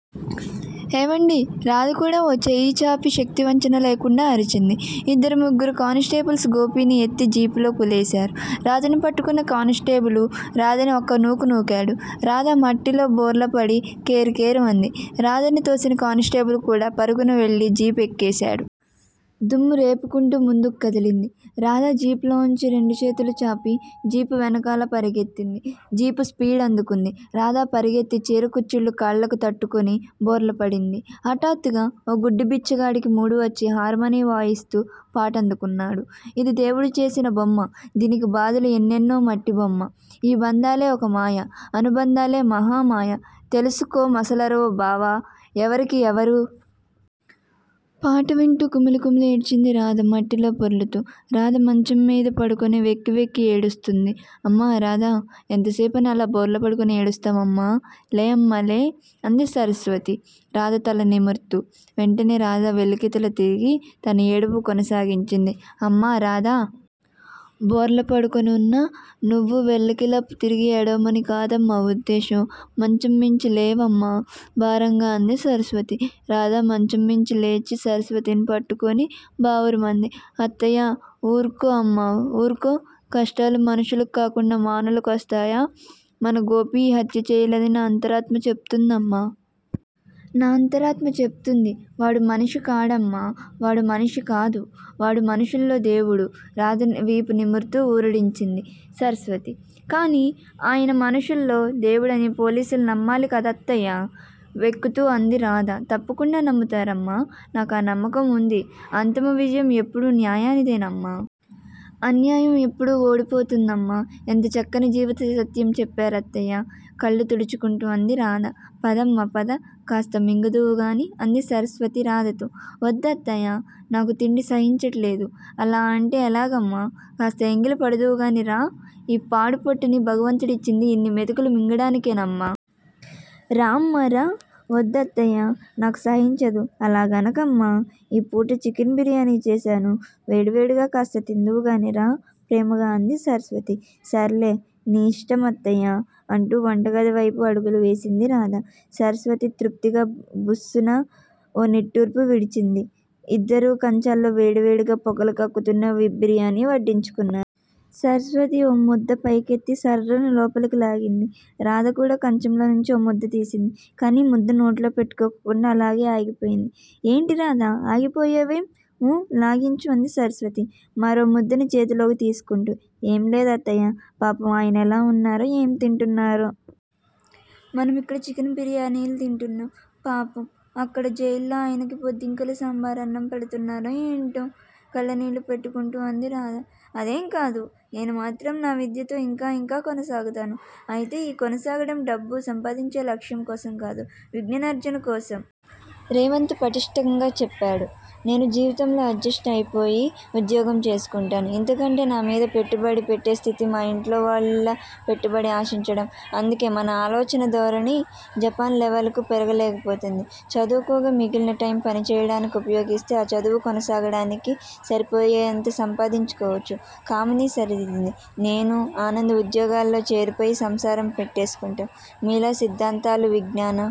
హేవండీ రాధకూడా ఓ చెయ్యిచాపి శక్తివంచన లేకుండా అరిచింది. ఇద్దరు ముగ్గురు కానిస్టేబుల్స్ గోపిని ఎత్తి జీపులో కూలేశారు. రాధని పట్టుకున్న కానిస్టేబులు రాధని ఒక్క నూకునూకాడు. రాధమట్టిలో బోర్లాపడి కేర్ కేర్ మంది. రాధని తోసిన కానిస్టేబుల్ కూడా పరుగున వెళ్ళి జీపు ఎక్కేశాడు. దుమ్మురేపుకుంటూ ముందుకు కదిలింది. రాధా జీపులోంచి రెండు చేతులూ చాపి జీపు వెనకాల పరిగెత్తింది. జీపు స్పీడందుకుంది. రాధ పరుగెత్తి చీరకుచ్చిళ్ళు కాళ్ళకు తట్టుకుని బోర్లా పడింది. హఠాత్తుగా ఓ గుడ్డి బిచ్చగాడికి మూడ్ వచ్చి హార్మానీ వాయిస్తూ పాటందుకున్నాడు. ఇది దేవుడు చేసిన బొమ్మా దీనికి బాధలు ఎన్నెన్నో మట్టిబొమ్మా ఈ బంధాలే ఒక మాయా అనుబంధాలే మహా మాయా తెలుసుకు మసలరో బావా ఎవరికీ ఎవరూ??? పాట వింటూ కుమిలి కుమిలి ఏడ్చింది రాధ మట్టిలో పొర్లుతూ. రాధ మంచంమీద పడుకుని వెక్కివెక్కి ఏడుస్తూంది. అమ్మా రాధా. ఎంతసేపని అలా బోర్లాపడుకుని ఏడుస్తావమ్మా, లేమ్మాలే. అంది సరస్వతి రాధ తల నిముర్తూ. వెంటనే రాధ వెల్లకితలా తిరిగి తన ఏడుపు కొనసాగించింది. హమ్మా రాధా! బోర్లాపడుకుని ఉన్న నువ్వు వెల్లకిలా తిరిగి ఏడవమని కాదమ్మా ఉద్దేశం. మంచంమీంచి లేవమ్మా. భారంగా అంది సరస్వతి. రాధ మంచంమీంచి లేచి సరస్వతిని పట్టుకుని బావురుమంది. హత్తయ్యా ఊర్కో అమ్మా. ఊర్కో. కష్టాలు మనుషులకు కాకుండా మానులకొస్తాయా. మన గోపి ఈ హత్య చెయ్యలేదని నా అంతరాత్మ చెప్తుందమ్మా. నా అంతరాత్మ చెప్తుంది. వాడు మనిషి కాడమ్మా! వాడు మనిషి కాదు. వాడు మనుషుల్లో దేవుడు రాధ వీపునిముర్తూ ఊరడించింది సరస్వతి. కానీ ఆయన మనుషుల్లో దేవుడని పోలీసులు నమ్మాలి కదత్తయ్యా? వెక్కుతూ అంది రాధ తప్పకుండా నమ్ముతారమ్మా. నాకా నమ్మకం వుంది. అంతిమవిజయం ఎప్పుడూ న్యాయానిదేనమ్మా. అన్యాయం ఎప్పుడూ ఓడిపోతుందమ్మా. ఎంత చక్కని జీవితసత్యం చెప్పారత్తయ్యా. కళ్ళు తుడుచుకుంటూ అంది రాధ. పదమ్మా పద కాస్త మింగుదువుగాని అంది సరస్వతి రాధతో. వద్దత్తయ్యా. నాకు తిండి సహించట్లేదు. అలా అంటే ఎలాగమ్మా. కాస్త ఎంగిలిపడుదువుగానీ రా. ఈ పాడుపొట్టని భగవంతుడు ఇచ్చింది ఇన్ని మెతుకులు మింగడానికే నమ్మా. రామ్మా రా. వద్దత్తయ్యా నాకు సహించదు! అలాగనకమ్మా. ఈపూట చికెన్ బిర్యానీ చేసాను. వేడివేడిగా కాస్త తిందువుగానీ రా ప్రేమగా అంది సరస్వతి. సర్లే. నీ ఇష్టం అత్తయ్యా. అంటూ వంటగదివైపు అడుగులు వేసింది రాధ. సరస్వతి తృప్తిగా బుస్సున ఓ నిట్టూర్పు విడిచింది. ఇద్దరూ కంచాల్లో వేడివేడిగా పొగలు కక్కుతున్న బిర్యానీవడ్డించుకున్నారు. సరస్వతి ఓముద్ద పైకెత్తి సర్రున లోపలికి లాగింది. రాధ కూడా కంచంలోంచి ఓ ముద్దతీసింది. కానీ ముద్ద నోట్లో పెట్టుకోకుండా అలాగే ఆగిపోయింది. ఏంటి రాధా. ఆగిపోయావేం? ఊ లాగించు అంది సరస్వతి మరో ముద్దని చేతిలోకి తీస్కుంటూ. ఏం లేదత్తయ్యా. పాపం ఆయనెలా ఉన్నారో ఏం తింటున్నారో? మనం ఇక్కడ చికెన్ బిర్యానీలు తింటున్నాం. పాపం! అక్కడ జైల్లో ఆయనకి బొద్దింకల సాంబారన్నం పెడ్తున్నారో ఏంటో! కళ్ళనీళ్ళు పెట్టుకుంటూ అంది రాధ. అదేంకాదు. నేను మాత్రం నా విద్యతో ఇంకా ఇంకా కొనసాగుతాను. అయితే ఈ కొనసాగడం డబ్బు సంపాదించే లక్ష్యం కోసం కాదు- విజ్ఞానార్జన కోసం! రేవంత్ పట్టిష్టంగా చెప్పాడు. నేను జీవితంలో అడ్జెస్ట్ అయిపోయి ఉద్యోగం చేసుకుంటాను. ఇంతకంటే నామీద పెట్టుబడి పెట్టే స్థితి మా ఇంట్లోవాళ్ళ పెట్టుబడి ఆశించడం! అందుకే మన ఆలోచనధోరణి జపాన్ లెవెల్ కు పెరగలేకపోతోంది. చదువుకోగా మిగిలిన టైమ్ పనిచేయడానికుపయోగిస్తే ఆ చదువు కొనసాగడానికి సరిపోయేంత సంపాదించుకోవచ్చు కామిని సరిదిద్దింది. నేనూ, ఆనంద్ ఉద్యోగాల్లో చేరిపోయి సంసారం పెట్టేసుకుంటాం. మీలా సిద్దాంతాలూ, విజ్ఞాన